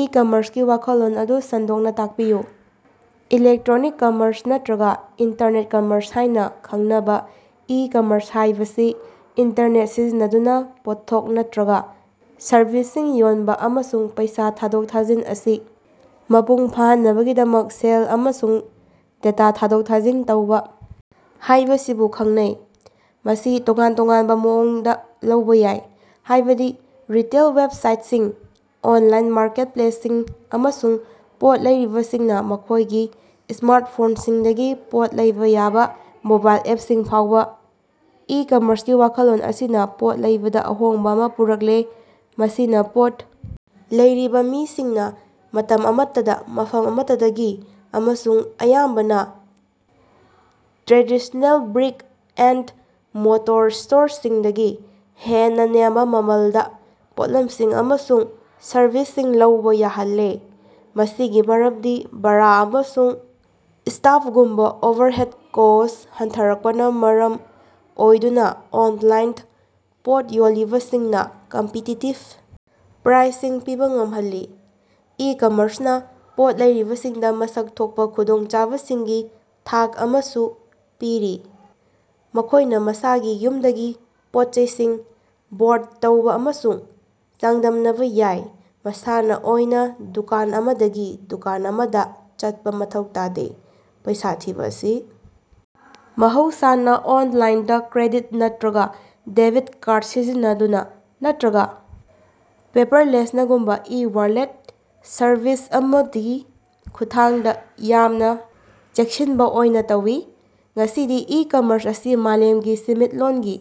ꯏ-ꯀꯃꯔ꯭ꯁꯀꯤ ꯋꯥꯈꯜꯂꯣꯟ ꯑꯗꯨ ꯁꯟꯗꯣꯛꯅꯥ ꯇꯥꯛꯄꯤꯌꯨ꯫ ꯏꯂꯦꯛꯇꯔꯣꯅꯤꯛ ꯀꯃꯔꯁ ꯅꯠꯇ꯭ꯔꯒ ꯏꯟꯇꯔꯅꯦꯠ ꯀꯃꯔꯁ ꯍꯥꯢꯅ ꯈꯪꯅꯕꯥ ꯏ-ꯀꯃꯔꯁ ꯍꯥꯢꯕꯁꯤ ꯏꯟꯇꯔꯅꯦꯠ ꯁꯤꯖꯤꯟꯅꯗꯨꯅ ꯄꯣꯠꯊꯣꯛ ꯅꯠꯇ꯭ꯔꯒꯥ ꯁꯔꯚꯤꯁꯁꯤꯡ ꯌꯣꯟꯕ ꯑꯃꯁꯨꯡ ꯄꯩꯁꯥ ꯊꯥꯗꯣꯛ ꯊꯥꯖꯤꯟ ꯑꯁꯤ ꯃꯄꯨꯡ ꯐꯥꯍꯟꯅꯕꯒꯤꯗꯃꯛ ꯁꯦꯜ ꯑꯃꯁꯨꯡ ꯗꯦꯇꯥ ꯊꯥꯗꯣꯛ ꯊꯥꯖꯤꯟ ꯇꯧꯕꯥ ꯍꯥꯢꯕꯁꯤꯕꯨ ꯈꯪꯅꯩ꯫ ꯃꯁꯤ ꯇꯣꯉꯥꯟ-ꯇꯣꯉꯥꯟꯕ ꯃꯑꯣꯡꯗ ꯂꯧꯕꯥ ꯌꯥꯏ ꯍꯥꯢꯕꯗꯤ ꯔꯤꯇꯦꯜ ꯋꯦꯕꯁꯥꯏꯇꯁꯤꯡ, ꯑꯣꯟꯂꯥꯏꯟ ꯃꯥꯔꯀꯦꯠꯄ꯭ꯂꯦꯁꯁꯤꯡ ꯑꯃꯁꯨꯡ ꯄꯣꯠ ꯂꯩꯔꯤꯕꯁꯤꯡꯅ ꯃꯈꯣꯢꯒꯤ ꯁ꯭ꯃꯥꯔꯇꯐꯣꯟꯁꯤꯡꯗꯒꯤ ꯄꯣꯠ ꯂꯩꯕꯥ ꯌꯥꯕ ꯃꯣꯕꯥꯏꯜ ꯑꯦꯞꯁꯤꯡ ꯐꯥꯎꯕ꯫ ꯏ-ꯀꯃꯔꯁꯀꯤ ꯋꯥꯈꯜꯂꯣꯟ ꯑꯁꯤꯅ ꯄꯣꯠ ꯂꯩꯕꯗ ꯑꯍꯣꯡꯕ ꯑꯃ ꯄꯨꯔꯛꯂꯦ ꯃꯁꯤꯅ ꯄꯣꯠ ꯂꯩꯔꯤꯕ ꯃꯤꯁꯤꯡꯅ ꯃꯇꯝ ꯑꯃꯠꯇꯗ ꯃꯐꯝ ꯑꯃꯠꯇꯗꯒꯤ ꯑꯃꯁꯨꯡ ꯑꯌꯥꯝꯕꯅ ꯇ꯭ꯔꯦꯗꯤꯁꯅꯦꯜ ꯕ꯭ꯔꯤꯛ-ꯑꯦꯟꯗ-ꯃꯣꯔꯇꯣꯔ ꯁ꯭ꯇꯣꯔꯁꯤꯡꯗꯒꯤ ꯍꯦꯟꯅ ꯅꯦꯝꯕ ꯃꯃꯜꯗ ꯄꯣꯠꯂꯝꯁꯤꯡ ꯑꯃꯁꯨꯡ ꯁꯔꯕꯤꯁꯁꯤꯡ ꯂꯧꯕꯥ ꯌꯥꯍꯜꯂꯦ꯫ ꯃꯁꯤꯒꯤ ꯃꯔꯝꯗꯤ ꯚꯥꯔꯥ ꯑꯃꯁꯨꯡ ꯁ꯭ꯇꯥꯐꯒꯨꯝꯕ ꯑꯣꯚꯔꯍꯦꯗ ꯀꯣꯁ꯭ꯠ ꯍꯟꯊꯔꯛꯄꯅ ꯃꯔꯝ ꯑꯣꯏꯗꯨꯅ ꯑꯣꯟꯂꯥꯏꯟꯗ ꯄꯣꯠ ꯌꯣꯜꯂꯤꯕꯁꯤꯡꯅ ꯀꯝꯄꯤꯇꯤꯇꯤꯕ ꯄ꯭ꯔꯥꯏꯁꯤꯡ ꯄꯤꯕꯥ ꯉꯝꯍꯜꯂꯤ꯫ ꯏ-ꯀꯝꯃꯔꯁꯅ ꯄꯣꯠ ꯂꯩꯔꯤꯕꯁꯤꯡꯗ ꯃꯁꯛ ꯊꯣꯛꯄꯥ ꯈꯨꯗꯣꯡꯆꯥꯕꯁꯤꯡꯒꯤ ꯊꯥꯛ ꯑꯃꯁꯨ ꯄꯤꯔꯤ ꯃꯈꯣꯢꯅ ꯃꯁꯥꯒꯤ ꯌꯨꯝꯗꯒꯤ ꯄꯣꯠꯆꯩꯁꯤꯡ ꯕꯣꯔꯗ ꯇꯧꯕꯥ ꯑꯃꯁꯨꯡ ꯆꯥꯡꯗꯝꯅꯕ ꯌꯥꯏ ꯃꯁꯥꯅ ꯑꯣꯏꯅꯥ ꯗꯨꯀꯥꯟ ꯑꯃꯗꯒꯤ ꯗꯨꯀꯥꯟ ꯑꯃꯗ ꯆꯠꯄꯥ ꯃꯊꯧ ꯇꯥꯗꯦ꯫ ꯄꯩꯁꯥ ꯊꯤꯕ ꯑꯁꯤ ꯃꯍꯧꯁꯥꯅ ꯑꯣꯟꯂꯥꯏꯟꯗ ꯀ꯭ꯔꯦꯗꯤꯠ ꯅꯠꯇ꯭ꯔꯒ ꯗꯦꯕꯤꯠ ꯀꯥꯔꯗ ꯁꯤꯖꯤꯟꯅꯗꯨꯅ ꯅꯠꯇ꯭ꯔꯒ ꯄꯦꯄꯔꯂꯦꯁꯅꯒꯨꯝꯕ ꯏ-ꯋꯥꯂꯦꯠ ꯁꯔꯚꯤꯁ ꯑꯃꯗꯒꯤ ꯈꯨꯠꯊꯥꯡꯗ ꯌꯥꯝꯅ ꯆꯦꯛꯁꯤꯟꯕ ꯑꯣꯏꯅ ꯇꯧꯏ꯫ ꯉꯁꯤꯗꯤ ꯏ-ꯀꯃꯔꯁ ꯑꯁꯤ ꯃꯥꯂꯦꯝꯒꯤ ꯁꯦꯟꯃꯤꯠꯂꯣꯟꯒꯤ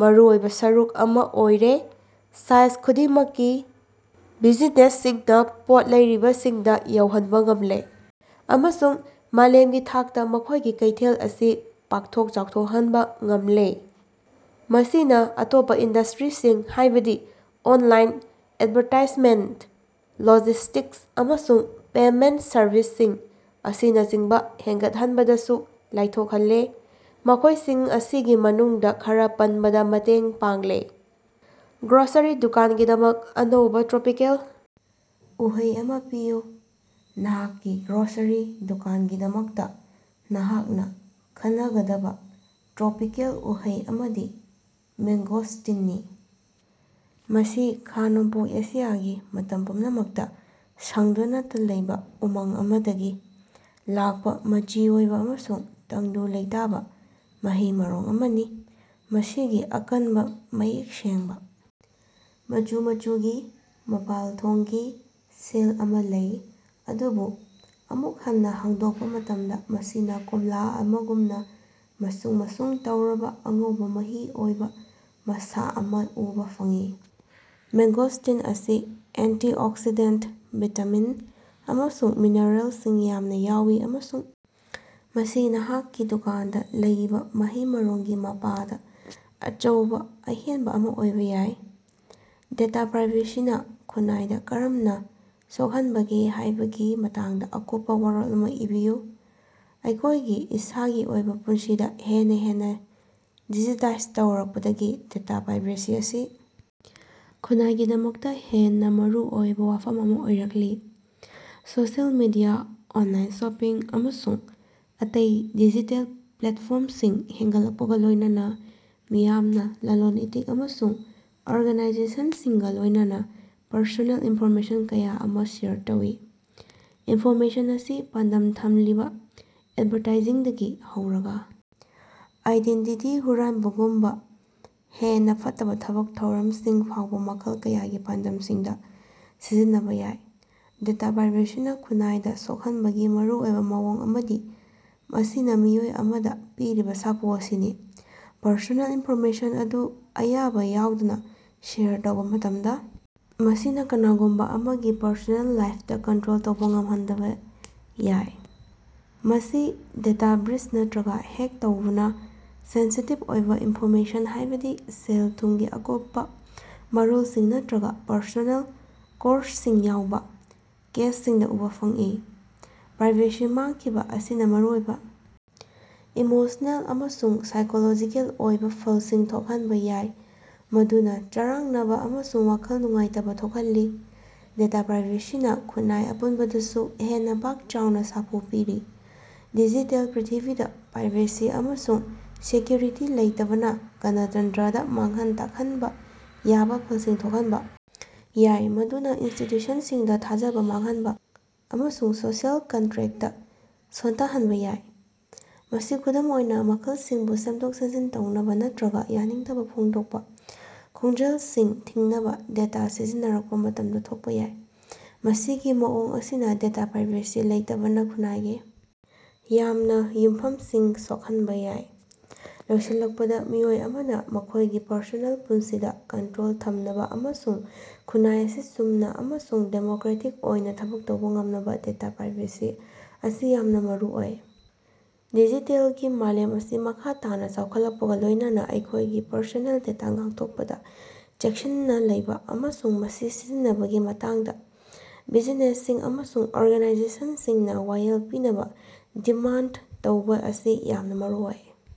ꯃꯔꯨꯑꯣꯏꯕ ꯁꯔꯨꯛ ꯑꯃꯥ ꯑꯣꯏꯔꯦ ꯁꯥꯏꯖ ꯈꯨꯗꯤꯡꯃꯛꯀꯤ ꯕꯤꯖꯤꯅꯦꯁꯁꯤꯡꯅ ꯄꯣꯠ ꯂꯩꯔꯤꯕꯁꯤꯡꯗ ꯌꯧꯍꯟꯕ ꯉꯝꯂꯦ ꯑꯃꯁꯨꯡ ꯃꯥꯂꯦꯝꯒꯤ ꯊꯥꯛꯇ ꯃꯈꯣꯢꯒꯤ ꯀꯩꯊꯦꯜ ꯑꯁꯤ ꯄꯥꯛꯊꯣꯛ ꯆꯥꯎꯊꯣꯛꯍꯟꯕ ꯉꯝꯂꯦ꯫ ꯃꯁꯤꯅꯥ ꯑꯇꯣꯞꯄ ꯏꯟꯗꯁꯇ꯭ꯔꯤꯁꯤꯡ ꯍꯥꯢꯕꯗꯤ ꯑꯣꯟꯂꯥꯏꯟ ꯑꯦꯗꯚꯔꯇꯥꯏꯖꯃꯦꯟꯇ, ꯂꯣꯖꯤꯁ꯭ꯇꯤꯛꯁ ꯑꯃꯁꯨꯡ ꯄꯦꯃꯦꯟꯇ ꯁꯔꯕꯤꯁꯁꯤꯡ ꯑꯁꯤꯅꯆꯤꯡꯕ ꯍꯦꯟꯒꯠꯍꯟꯕꯗꯁꯨ ꯂꯥꯏꯊꯣꯛꯍꯜꯂꯦ ꯃꯈꯣꯢꯁꯤꯡ ꯑꯁꯤꯒꯤ ꯃꯅꯨꯡꯗ ꯈꯔ ꯄꯟꯕꯗ ꯃꯇꯦꯡ ꯄꯥꯡꯂꯦ꯫ ꯒ꯭ꯔꯣꯁꯔꯤ ꯗꯨꯀꯥꯟꯒꯤꯗꯃꯛ ꯑꯅꯧꯕꯥ ꯇ꯭ꯔꯣꯄꯤꯀꯦꯜ ꯎꯍꯩ ꯑꯃ ꯄꯤꯌꯨ꯫ ꯅꯍꯥꯛꯀꯤ ꯒ꯭ꯔꯣꯁꯔꯤ ꯗꯨꯀꯥꯟꯒꯤꯗꯃꯛꯇ ꯅꯍꯥꯛꯅ ꯈꯟꯅꯒꯗꯕ ꯇ꯭ꯔꯣꯄꯤꯀꯦꯜ ꯎꯍꯩ ꯑꯃꯗꯤ ꯃꯦꯡꯒꯣꯁꯇꯤꯟꯅꯤ꯫ ꯃꯁꯤ ꯈꯥ-ꯅꯣꯡꯄꯣꯛ ꯑꯦꯁꯤꯌꯥꯒꯤ ꯃꯇꯝ ꯄꯨꯝꯅꯃꯛꯇ ꯁꯪꯗꯨꯅꯇ ꯂꯩꯕ ꯎꯃꯪ ꯑꯃꯗꯒꯤ ꯂꯥꯛꯄꯥ ꯃꯆꯤ ꯑꯣꯏꯕ ꯑꯃꯁꯨꯡ ꯇꯪꯗꯨ ꯂꯩꯇꯥꯕꯥ ꯃꯍꯩ-ꯃꯔꯣꯡ ꯑꯃꯅꯤ꯫ ꯃꯁꯤꯒꯤ ꯑꯀꯟꯕꯥ ꯃꯌꯦꯛ ꯁꯦꯡꯕꯥ ꯃꯆꯨ ꯃꯆꯨꯒꯤ ꯃꯄꯥꯜꯊꯣꯡꯒꯤ ꯁꯦꯜ ꯑꯃꯥ ꯂꯩ ꯑꯗꯨꯕꯨ ꯑꯃꯨꯛ ꯍꯟꯅ ꯍꯥꯡꯗꯣꯛꯄ ꯃꯇꯝꯗ ꯃꯁꯤꯅꯥ ꯀꯣꯝꯂꯥ ꯑꯃꯒꯨꯝꯅ ꯃꯁꯨꯡ ꯃꯁꯨꯡ ꯇꯧꯔꯕꯥ ꯑꯉꯧꯕ ꯃꯍꯤ ꯑꯣꯏꯕ ꯃꯁꯥ ꯑꯃ ꯎꯕ ꯐꯪꯏ꯫ ꯃꯦꯡꯒꯣꯁꯇꯤꯟ ꯑꯁꯤ ꯑꯦꯟꯇꯤꯑꯣꯛꯁꯤꯗꯦꯟꯇ, ꯚꯤꯇꯥꯃꯤꯟ ꯑꯃꯁꯨꯡ ꯃꯤꯅꯔꯦꯜꯁꯤꯡ ꯌꯥꯝꯅ ꯌꯥꯎꯏ ꯑꯃꯁꯨꯡ ꯃꯁꯤ ꯅꯍꯥꯛꯀꯤ ꯗꯨꯀꯥꯟꯗ ꯂꯩꯕꯥ ꯃꯍꯩ-ꯃꯔꯣꯡꯒꯤ ꯃꯄꯥꯗ ꯑꯆꯧꯕ ꯑꯍꯦꯟꯕ ꯑꯃ ꯑꯣꯏꯕ ꯌꯥꯏ꯫ ꯗꯦꯇꯥ ꯄ꯭ꯔꯥꯏꯚꯦꯁꯤꯅ ꯈꯨꯟꯅꯥꯏꯗ ꯀꯔꯝꯅ ꯁꯣꯛꯍꯟꯕꯒꯦ ꯍꯥꯢꯕꯒꯤ ꯃꯇꯥꯡꯗ ꯑꯀꯨꯞꯄ ꯋꯥꯔꯣꯜ ꯑꯃ ꯏꯕꯤꯌꯨ꯫ ꯑꯩꯈꯣꯢꯒꯤ ꯏꯁꯥꯒꯤ ꯑꯣꯏꯕ ꯄꯨꯟꯁꯤꯗ ꯍꯦꯟꯅ ꯍꯦꯟꯅ ꯗꯤꯖꯤꯇꯥꯏꯖ ꯇꯧꯔꯛꯄꯗꯒꯤ ꯗꯦꯇꯥ ꯄ꯭ꯔꯥꯏꯚꯦꯁꯤ ꯑꯁꯤ ꯈꯨꯟꯅꯥꯏꯒꯤꯗꯃꯛꯇ ꯍꯦꯟꯅ ꯃꯔꯨꯑꯣꯏꯕ ꯋꯥꯐꯝ ꯑꯃ ꯑꯣꯏꯔꯛꯂꯤ꯫ ꯁꯣꯁꯤꯑꯦꯜ ꯃꯤꯗꯤꯌꯥ, ꯑꯣꯟꯂꯥꯏꯟ ꯁꯣꯄꯤꯡ, ꯑꯃꯁꯨꯡ ꯑꯇꯩ ꯗꯤꯖꯤꯇꯦꯜ ꯄ꯭ꯂꯦꯠꯐꯣꯔꯝꯁꯤꯡ ꯍꯦꯟꯒꯠꯂꯛꯄꯒ ꯂꯣꯢꯅꯅ ꯃꯤꯌꯥꯝꯅ ꯂꯂꯣꯟ-ꯏꯇꯤꯛ ꯑꯃꯁꯨꯡ ꯑꯣꯔꯒꯥꯅꯥꯏꯖꯦꯁꯟꯁꯤꯡꯒ ꯂꯣꯢꯅꯅꯥ ꯄꯔꯁꯣꯅꯦꯜ ꯏꯟꯐꯣꯔꯃꯦꯁꯟ ꯀꯌꯥ ꯑꯃ ꯁꯦꯌꯔ ꯇꯧꯏ꯫ ꯏꯟꯐꯣꯔꯃꯦꯁꯟ ꯑꯁꯤ ꯄꯥꯟꯗꯝ ꯊꯝꯂꯤꯕ ꯑꯦꯗꯚꯔꯇꯥꯏꯖꯤꯡꯗꯒꯤ ꯍꯧꯔꯒ ꯑꯥꯏꯗꯦꯟꯇꯤꯇꯤ ꯍꯨꯔꯥꯟꯕꯒꯨꯝꯕ ꯍꯦꯟꯅ ꯐꯠꯇꯕ ꯊꯕꯛ ꯊꯧꯔꯝꯁꯤꯡ ꯐꯥꯎꯕ ꯃꯈꯜ ꯀꯌꯥꯒꯤ ꯄꯥꯟꯗꯝꯁꯤꯡꯗ ꯁꯤꯖꯤꯟꯅꯕ ꯌꯥꯏ꯫ ꯗꯦꯇꯥ ꯄ꯭ꯔꯥꯏꯚꯦꯁꯤꯅꯥ ꯈꯨꯟꯅꯥꯏꯗ ꯁꯣꯛꯍꯟꯕꯒꯤ ꯃꯔꯨꯑꯣꯏꯕ ꯃꯑꯣꯡ ꯑꯃꯗꯤ ꯃꯁꯤꯅ ꯃꯤꯑꯣꯏ ꯑꯃꯗ ꯄꯤꯔꯤꯕ ꯁꯥꯐꯨ ꯑꯁꯤꯅꯤ꯫ ꯄꯔꯁꯣꯅꯦꯜ ꯏꯟꯐꯣꯔꯃꯦꯁꯟ ꯑꯗꯨ ꯑꯌꯥꯕ ꯌꯥꯎꯗꯅ ꯁꯦꯌꯔ ꯇꯧꯕ ꯃꯇꯝꯗꯥ ꯃꯁꯤꯅꯥ ꯀꯅꯥꯒꯨꯝꯕ ꯑꯃꯒꯤ ꯄꯔꯁꯣꯅꯦꯜ ꯂꯥꯏꯐꯇ ꯀꯟꯇ꯭ꯔꯣꯜ ꯇꯧꯕ ꯉꯝꯍꯟꯗꯕ ꯌꯥꯏ꯫ ꯃꯁꯤ ꯗꯦꯇꯥ ꯕ꯭ꯔꯤꯆ ꯅꯠꯇ꯭ꯔꯒ ꯍꯦꯛ ꯇꯧꯕꯅ ꯁꯦꯟꯁꯤꯇꯤꯚ ꯑꯣꯏꯕ ꯏꯟꯐꯣꯔꯃꯦꯁꯟ ꯍꯥꯢꯕꯗꯤ ꯁꯦꯜ-ꯊꯨꯝꯒꯤ ꯑꯀꯨꯞꯄ ꯃꯔꯣꯜꯁꯤꯡ ꯅꯠꯇ꯭ꯔꯒ ꯄꯔꯁꯣꯅꯦꯜ ꯀꯣꯔꯁꯁꯤꯡ ꯌꯥꯎꯕ ꯀꯦꯁꯁꯤꯡꯗ ꯎꯕ ꯐꯪꯏ꯫ ꯄ꯭ꯔꯥꯏꯚꯦꯁꯤ ꯃꯥꯡꯈꯤꯕ ꯑꯁꯤꯅ ꯃꯔꯨꯑꯣꯏꯕ ꯏꯃꯣꯁꯅꯦꯜ ꯑꯃꯁꯨꯡ ꯁꯥꯏꯀꯣꯂꯣꯖꯤꯀꯦꯜ ꯑꯣꯏꯕ ꯐꯜꯁꯤꯡ ꯊꯣꯛꯍꯟꯕ ꯌꯥꯏ ꯃꯗꯨꯅ ꯆꯔꯥꯡꯅꯕ ꯑꯃꯁꯨꯡ ꯋꯥꯈꯜ ꯅꯨꯡꯉꯥꯏꯇꯕ ꯊꯣꯛꯍꯜꯂꯤ꯫ ꯗꯦꯇꯥ ꯄ꯭ꯔꯥꯏꯚꯦꯁꯤꯅ ꯈꯨꯟꯅꯥꯏ ꯑꯄꯨꯟꯕꯗꯁꯨ ꯍꯦꯟꯅ ꯄꯥꯛ-ꯆꯥꯎꯅ ꯁꯥꯐꯨ ꯄꯤꯔꯤ꯫ ꯗꯤꯖꯤꯇꯦꯜ ꯄ꯭ꯔꯤꯊꯤꯕꯤꯗ ꯄ꯭ꯔꯥꯏꯚꯦꯁꯤ ꯑꯃꯁꯨꯡ ꯁꯦꯀ꯭ꯌꯨꯔꯤꯇꯤ ꯂꯩꯇꯕꯅ ꯒꯅꯇꯟꯇ꯭ꯔꯗ ꯃꯥꯡꯍꯟ ꯇꯥꯛꯍꯟꯕ ꯌꯥꯕꯥ ꯐꯜꯁꯤꯡ ꯊꯣꯛꯍꯟꯕ ꯌꯥꯏ ꯃꯗꯨꯅ ꯏꯟꯁꯇꯤꯇ꯭ꯌꯨꯁꯟꯁꯤꯡꯗ ꯊꯥꯖꯕ ꯃꯥꯡꯍꯟꯕ ꯑꯃꯁꯨꯡ ꯁꯣꯁꯤꯑꯦꯜ ꯀꯟꯇ꯭ꯔꯦꯛꯇ ꯁꯣꯟꯊꯍꯟꯕꯥ ꯌꯥꯏ꯫ ꯃꯁꯤ ꯈꯨꯗꯝ ꯑꯣꯏꯅ ꯃꯈꯜꯁꯤꯡꯕꯨ ꯁꯦꯝꯗꯣꯛ-ꯁꯦꯝꯖꯤꯟ ꯇꯧꯅꯕ ꯅꯠꯇ꯭ꯔꯒꯥ ꯌꯥꯅꯤꯡꯗꯕ ꯐꯣꯡꯗꯣꯛꯄꯥ ꯈꯣꯟꯖꯦꯜꯁꯤꯡ ꯊꯤꯡꯅꯕ ꯗꯦꯇꯥ ꯁꯤꯖꯤꯟꯅꯔꯛꯄꯥ ꯃꯇꯝꯗ ꯊꯣꯛꯄꯥ ꯌꯥꯏ꯫ ꯃꯁꯤꯒꯤ ꯃꯑꯣꯡ ꯑꯁꯤꯅꯥ ꯗꯦꯇꯥ ꯄ꯭ꯔꯥꯏꯚꯦꯁꯤ ꯂꯩꯇꯕꯅ ꯈꯨꯟꯅꯥꯏꯒꯤ ꯌꯥꯝꯅ ꯌꯨꯝꯐꯝꯁꯤꯡ ꯁꯣꯛꯍꯟꯕꯥ ꯌꯥꯏ꯫ ꯂꯣꯏꯁꯤꯜꯂꯛꯄꯗ ꯃꯤꯑꯣꯏ ꯑꯃꯅ ꯃꯈꯣꯢꯒꯤ ꯄꯔꯁꯣꯅꯦꯜ ꯄꯨꯟꯁꯤꯗ ꯀꯟꯇ꯭ꯔꯣꯜ ꯊꯝꯅꯕ ꯑꯃꯁꯨꯡ ꯈꯨꯟꯅꯥꯏ ꯑꯁꯤ ꯆꯨꯝꯅ ꯑꯃꯁꯨꯡ ꯗꯦꯃꯣꯀ꯭ꯔꯦꯇꯤꯛ ꯑꯣꯏꯅ ꯊꯕꯛ ꯇꯧꯕ ꯉꯝꯅꯕ ꯗꯦꯇꯥ ꯄ꯭ꯔꯥꯏꯚꯦꯁꯤ ꯑꯁꯤ ꯌꯥꯝꯅ ꯃꯔꯨꯑꯣꯏ꯫ ꯗꯤꯖꯤꯇꯦꯜꯒꯤ ꯃꯥꯂꯦꯝ ꯑꯁꯤ ꯃꯈꯥ ꯇꯥꯅꯥ ꯆꯥꯎꯈꯠꯂꯛꯄꯒ ꯂꯣꯢꯅꯅꯥ ꯑꯩꯈꯣꯢꯒꯤ ꯄꯔꯁꯣꯅꯦꯜ ꯗꯦꯇꯥ ꯉꯥꯛꯊꯣꯛꯄꯗ ꯆꯦꯛꯁꯤꯟꯅ ꯂꯩꯕꯥ ꯑꯃꯁꯨꯡ ꯃꯁꯤ ꯁꯤꯖꯤꯟꯅꯕꯒꯤ ꯃꯇꯥꯡꯗ ꯕꯤꯖꯤꯅꯦꯁꯁꯤꯡ ꯑꯃꯁꯨꯡ ꯑꯣꯔꯒꯅꯥꯏꯖꯦꯁꯟꯁꯤꯡꯅ ꯋꯥꯌꯦꯜ ꯄꯤꯅꯕ ꯗꯤꯃꯥꯟꯗ ꯇꯧꯕꯥ ꯑꯁꯤ ꯌꯥꯝꯅꯥ ꯃꯔꯨꯑꯣꯏ꯫